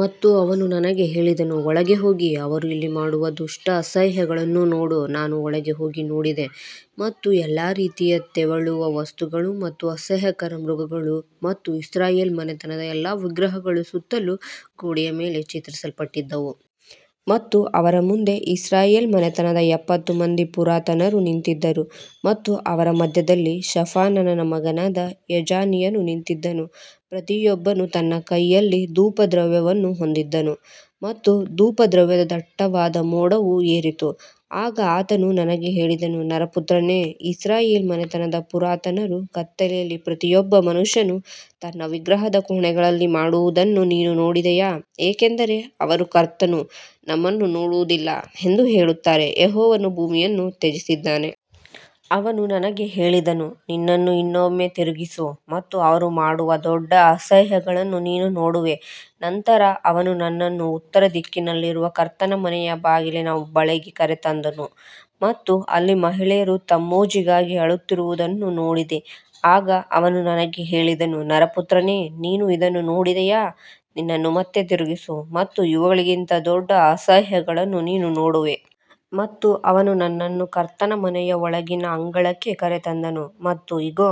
ಮತ್ತು ಅವನು ನನಗೆ ಹೇಳಿದನು, ಒಳಗೆ ಹೋಗಿ ಅವರು ಇಲ್ಲಿ ಮಾಡುವ ದುಷ್ಟ ಅಸಹ್ಯಗಳನ್ನು ನೋಡು. ನಾನು ಒಳಗೆ ಹೋಗಿ ನೋಡಿದೆ ಮತ್ತು ಎಲ್ಲಾ ರೀತಿಯ ತೆವಳುವ ವಸ್ತುಗಳು ಮತ್ತು ಅಸಹ್ಯಕರ ಮೃಗಗಳು ಮತ್ತು ಇಸ್ರಾಯೇಲ್ ಮನೆತನದ ಎಲ್ಲಾ ವಿಗ್ರಹಗಳು ಸುತ್ತಲೂ ಗೋಡೆಯ ಮೇಲೆ ಚಿತ್ರಿಸಲ್ಪಟ್ಟಿದ್ದವು. ಮತ್ತು ಅವರ ಮುಂದೆ ಇಸ್ರಾಯೇಲ್ ಮನೆತನದ ಎಪ್ಪತ್ತು ಮಂದಿ ಪುರಾತನರು ನಿಂತಿದ್ದರು ಮತ್ತು ಅವರ ಮಧ್ಯದಲ್ಲಿ ಶಾಫಾನನ ಮಗನಾದ ಯಾಜನೀಯನು ನಿಂತಿದ್ದನು, ಪ್ರತಿಯೊಬ್ಬನು ತನ್ನ ಕೈಯಲ್ಲಿ ಧೂಪದ್ರವ್ಯವನ್ನು ಹೊಂದಿದ್ದನು ಮತ್ತು ಧೂಪದ್ರವ್ಯದ ದಟ್ಟವಾದ ಮೋಡವು ಏರಿತು. ಆಗ ಆತನು ನನಗೆ ಹೇಳಿದನು, ನರಪುತ್ರನೇ, ಇಸ್ರಾಯೇಲ್ ಮನೆತನದ ಪುರಾತನರು ಕತ್ತಲೆಯಲ್ಲಿ ಪ್ರತಿಯೊಬ್ಬ ಮನುಷ್ಯನು ತನ್ನ ವಿಗ್ರಹದ ಕೋಣೆಗಳಲ್ಲಿ ಮಾಡುವುದನ್ನು ನೀನು ನೋಡಿದೆಯಾ, ಏಕೆಂದರೆ ಅವರು ಕರ್ತನು ನಮ್ಮನ್ನು ನೋಡುವುದಿಲ್ಲ ಎಂದು ಹೇಳುತ್ತಾರೆ, ಯೆಹೋವನು ಭೂಮಿಯನ್ನು ತ್ಯಜಿಸಿದ್ದಾನೆ. ಅವನು ನನಗೆ ಹೇಳಿದನು, ನಿನ್ನನ್ನು ಇನ್ನೊಮ್ಮೆ ತಿರುಗಿಸು ಮತ್ತು ಅವರು ಮಾಡುವ ದೊಡ್ಡ ಅಸಹ್ಯಗಳನ್ನು ನೀನು ನೋಡುವೆ. ನಂತರ ಅವನು ನನ್ನನ್ನು ಉತ್ತರ ದಿಕ್ಕಿನಲ್ಲಿರುವ ಕರ್ತನ ಮನೆಯ ಬಾಗಿಲಿನ ಬಳಿಗೆ ಕರೆತಂದನು ಮತ್ತು ಅಲ್ಲಿ ಮಹಿಳೆಯರು ತಮ್ಮೂಜಿಗಾಗಿ ಅಳುತ್ತಿರುವುದನ್ನು ನೋಡಿದೆ. ಆಗ ಅವನು ನನಗೆ ಹೇಳಿದನು, ನರಪುತ್ರನೇ, ನೀನು ಇದನ್ನು ನೋಡಿದೆಯಾ, ನಿನ್ನನ್ನು ಮತ್ತೆ ತಿರುಗಿಸು ಮತ್ತು ಇವುಗಳಿಗಿಂತ ದೊಡ್ಡ ಅಸಹ್ಯಗಳನ್ನು ನೀನು ನೋಡುವೆ. ಮತ್ತು ಅವನು ನನ್ನನ್ನು ಕರ್ತನ ಮನೆಯ ಒಳಗಿನ ಅಂಗಳಕ್ಕೆ ಕರೆತಂದನು ಮತ್ತು ಇಗೋ,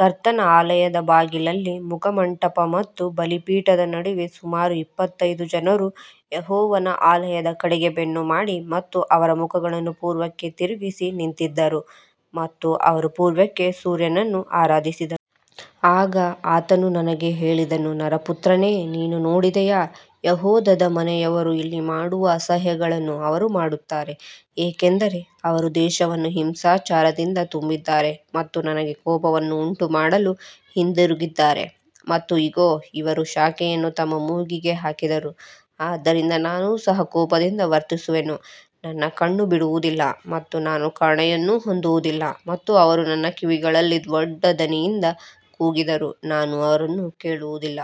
ಕರ್ತನ ಆಲಯದ ಬಾಗಿಲಲ್ಲಿ ಮುಖಮಂಟಪ ಮತ್ತು ಬಲಿಪೀಠದ ನಡುವೆ ಸುಮಾರು ಇಪ್ಪತ್ತೈದು ಜನರು ಯೆಹೋವನ ಆಲಯದ ಕಡೆಗೆ ಬೆನ್ನು ಮಾಡಿ ಮತ್ತು ಅವರ ಮುಖಗಳನ್ನು ಪೂರ್ವಕ್ಕೆ ತಿರುಗಿಸಿ ನಿಂತಿದ್ದರು. ಮತ್ತು ಅವರು ಪೂರ್ವಕ್ಕೆ ಸೂರ್ಯನನ್ನು ಆರಾಧಿಸಿದರು. ಆಗ ಆತನು ನನಗೆ ಹೇಳಿದನು, ನರಪುತ್ರನೇ, ನೀನು ನೋಡಿದೆಯಾ, ಯೆಹೂದದ ಮನೆಯವರು ಇಲ್ಲಿ ಮಾಡುವ ಅಸಹ್ಯಗಳನ್ನು ಅವರು ಮಾಡುತ್ತಾರೆ, ಏಕೆಂದರೆ ಅವರು ದೇಶವನ್ನು ಹಿಂಸಾಚಾರದಿಂದ ತುಂಬಿದ್ದಾರೆ ಮತ್ತು ನನಗೆ ಕೋಪವನ್ನು ಉಂಟುಮಾಡಲು ಹಿಂದಿರುಗಿದ್ದಾರೆ. ಮತ್ತು ಇಗೋ, ಅವರು ಶಾಖೆಯನ್ನು ತಮ್ಮ ಮೂಗಿಗೆ ಹಾಕಿದರು. ಆದ್ದರಿಂದ ನಾನು ಸಹ ಕೋಪದಿಂದ ವರ್ತಿಸುವೆನು, ನನ್ನ ಕಣ್ಣು ಬಿಡುವುದಿಲ್ಲ ಮತ್ತು ನಾನು ಕರುಣೆಯನ್ನು ಹೊಂದುವುದಿಲ್ಲ ಮತ್ತು ಅವರು ನನ್ನ ಕಿವಿಗಳಲ್ಲಿ ದೊಡ್ಡ ಧ್ವನಿಯಿಂದ ಕೂಗಿದರೂ ನಾನು ಅವರನ್ನು ಕೇಳುವುದಿಲ್ಲ.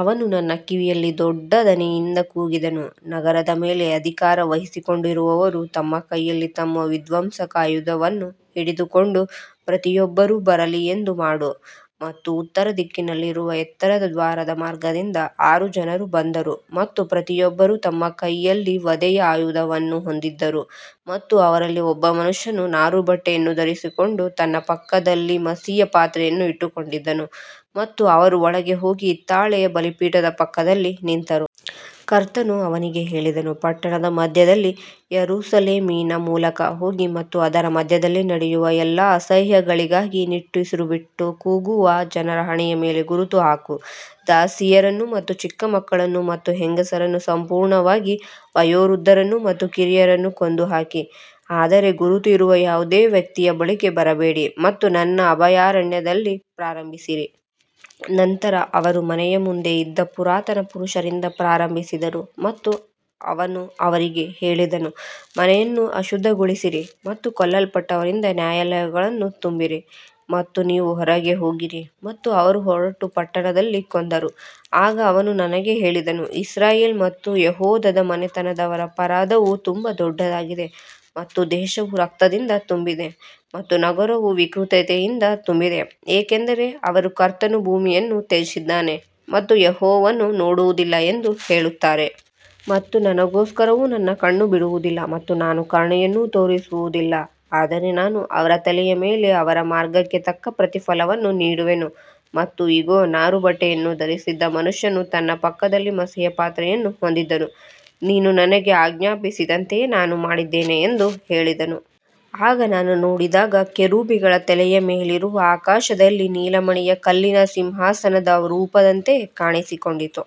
ಅವನು ನನ್ನ ಕಿವಿಯಲ್ಲಿ ದೊಡ್ಡ ಧ್ವನಿಯಿಂದ ಕೂಗಿದನು, ನಗರದ ಮೇಲೆ ಅಧಿಕಾರ ವಹಿಸಿಕೊಂಡಿರುವವರು ತಮ್ಮ ಕೈಯಲ್ಲಿ ತಮ್ಮ ವಿಧ್ವಂಸಕ ಆಯುಧವನ್ನು ಹಿಡಿದುಕೊಂಡು ಪ್ರತಿಯೊಬ್ಬರೂ ಬರಲಿ ಎಂದು ಮಾಡು. ಮತ್ತು ಉತ್ತರ ದಿಕ್ಕಿನಲ್ಲಿರುವ ಎತ್ತರದ ದ್ವಾರದ ಮಾರ್ಗದಿಂದ ಆರು ಜನರು ಬಂದರು ಮತ್ತು ಪ್ರತಿಯೊಬ್ಬರೂ ತಮ್ಮ ಕೈಯಲ್ಲಿ ವಧೆಯ ಆಯುಧವನ್ನು ಹೊಂದಿದ್ದರು ಮತ್ತು ಅವರಲ್ಲಿ ಒಬ್ಬ ಮನುಷ್ಯನು ನಾರುಬಟ್ಟೆಯನ್ನು ಧರಿಸಿಕೊಂಡು ತನ್ನ ಪಕ್ಕದಲ್ಲಿ ಮಸಿಯ ಪಾತ್ರೆಯನ್ನು ಇಟ್ಟುಕೊಂಡಿದ್ದನು ಮತ್ತು ಅವರು ಒಳಗೆ ಹೋಗಿ ಹಿತ್ತಾಳೆಯ ಬಲಿಪೀಠದ ಪಕ್ಕದಲ್ಲಿ ನಿಂತರು. ಕರ್ತನು ಅವನಿಗೆ ಹೇಳಿದನು, ಪಟ್ಟಣದ ಮಧ್ಯದಲ್ಲಿ, ಯೆರೂಸಲೇಮಿನ ಮೂಲಕ ಹೋಗಿ ಮತ್ತು ಅದರ ಮಧ್ಯದಲ್ಲಿ ನಡೆಯುವ ಎಲ್ಲಾ ಅಸಹ್ಯಗಳಿಗಾಗಿ ನಿಟ್ಟುಸಿರುಬಿಟ್ಟು ಕೂಗುವ ಜನರ ಹಣೆಯ ಮೇಲೆ ಗುರುತು ಹಾಕು. ದಾಸಿಯರನ್ನು ಮತ್ತು ಚಿಕ್ಕ ಮಕ್ಕಳನ್ನು ಮತ್ತು ಹೆಂಗಸರನ್ನು, ಸಂಪೂರ್ಣವಾಗಿ ವಯೋವೃದ್ಧರನ್ನು ಮತ್ತು ಕಿರಿಯರನ್ನು ಕೊಂದುಹಾಕಿ, ಆದರೆ ಗುರುತು ಇರುವ ಯಾವುದೇ ವ್ಯಕ್ತಿಯ ಬಳಿಗೆ ಬರಬೇಡಿ ಮತ್ತು ನನ್ನ ಅಭಯಾರಣ್ಯದಲ್ಲಿ ಪ್ರಾರಂಭಿಸಿರಿ. ನಂತರ ಅವರು ಮನೆಯ ಮುಂದೆ ಇದ್ದ ಪುರಾತನ ಪುರುಷರಿಂದ ಪ್ರಾರಂಭಿಸಿದರು. ಮತ್ತು ಅವನು ಅವರಿಗೆ ಹೇಳಿದನು, ಮನೆಯನ್ನು ಅಶುದ್ಧಗೊಳಿಸಿರಿ ಮತ್ತು ಕೊಲ್ಲಲ್ಪಟ್ಟವರಿಂದ ನ್ಯಾಯಾಲಯಗಳನ್ನು ತುಂಬಿರಿ ಮತ್ತು ನೀವು ಹೊರಗೆ ಹೋಗಿರಿ. ಮತ್ತು ಅವರು ಹೊರಟು ಪಟ್ಟಣದಲ್ಲಿ ಕೊಂದರು. ಆಗ ಅವನು ನನಗೆ ಹೇಳಿದನು, ಇಸ್ರಾಯೇಲ್ ಮತ್ತು ಯೆಹೂದದ ಮನೆತನದವರ ಅಪರಾಧವು ತುಂಬಾ ದೊಡ್ಡದಾಗಿದೆ ಮತ್ತು ದೇಶವು ರಕ್ತದಿಂದ ತುಂಬಿದೆ ಮತ್ತು ನಗರವು ವಿಕೃತತೆಯಿಂದ ತುಂಬಿದೆ, ಏಕೆಂದರೆ ಅವರು ಕರ್ತನು ಭೂಮಿಯನ್ನು ತ್ಯಜಿಸಿದ್ದಾನೆ ಮತ್ತು ಯೆಹೋವನು ನೋಡುವುದಿಲ್ಲ ಎಂದು ಹೇಳುತ್ತಾರೆ. ಮತ್ತು ನನಗೋಸ್ಕರವೂ ನನ್ನ ಕಣ್ಣು ಬಿಡುವುದಿಲ್ಲ ಮತ್ತು ನಾನು ಕರುಣೆಯನ್ನು ತೋರಿಸುವುದಿಲ್ಲ, ಆದರೆ ನಾನು ಅವರ ತಲೆಯ ಮೇಲೆ ಅವರ ಮಾರ್ಗಕ್ಕೆ ತಕ್ಕ ಪ್ರತಿಫಲವನ್ನು ನೀಡುವೆನು. ಮತ್ತು ಇಗೋ, ನಾರುಬಟ್ಟೆಯನ್ನು ಧರಿಸಿದ್ದ ಮನುಷ್ಯನು ತನ್ನ ಪಕ್ಕದಲ್ಲಿ ಮಸಿಯ ಪಾತ್ರೆಯನ್ನು ಹೊಂದಿದ್ದನು, ನೀನು ನನಗೆ ಆಜ್ಞಾಪಿಸಿದಂತೆಯೇ ನಾನು ಮಾಡಿದ್ದೇನೆ ಎಂದು ಹೇಳಿದನು. ಆಗ ನಾನು ನೋಡಿದಾಗ ಕೆರೂಬಿಗಳ ತಲೆಯ ಮೇಲಿರುವ ಆಕಾಶದಲ್ಲಿ ನೀಲಮಣಿಯ ಕಲ್ಲಿನ ಸಿಂಹಾಸನದ ರೂಪದಂತೆ ಕಾಣಿಸಿಕೊಂಡಿತು.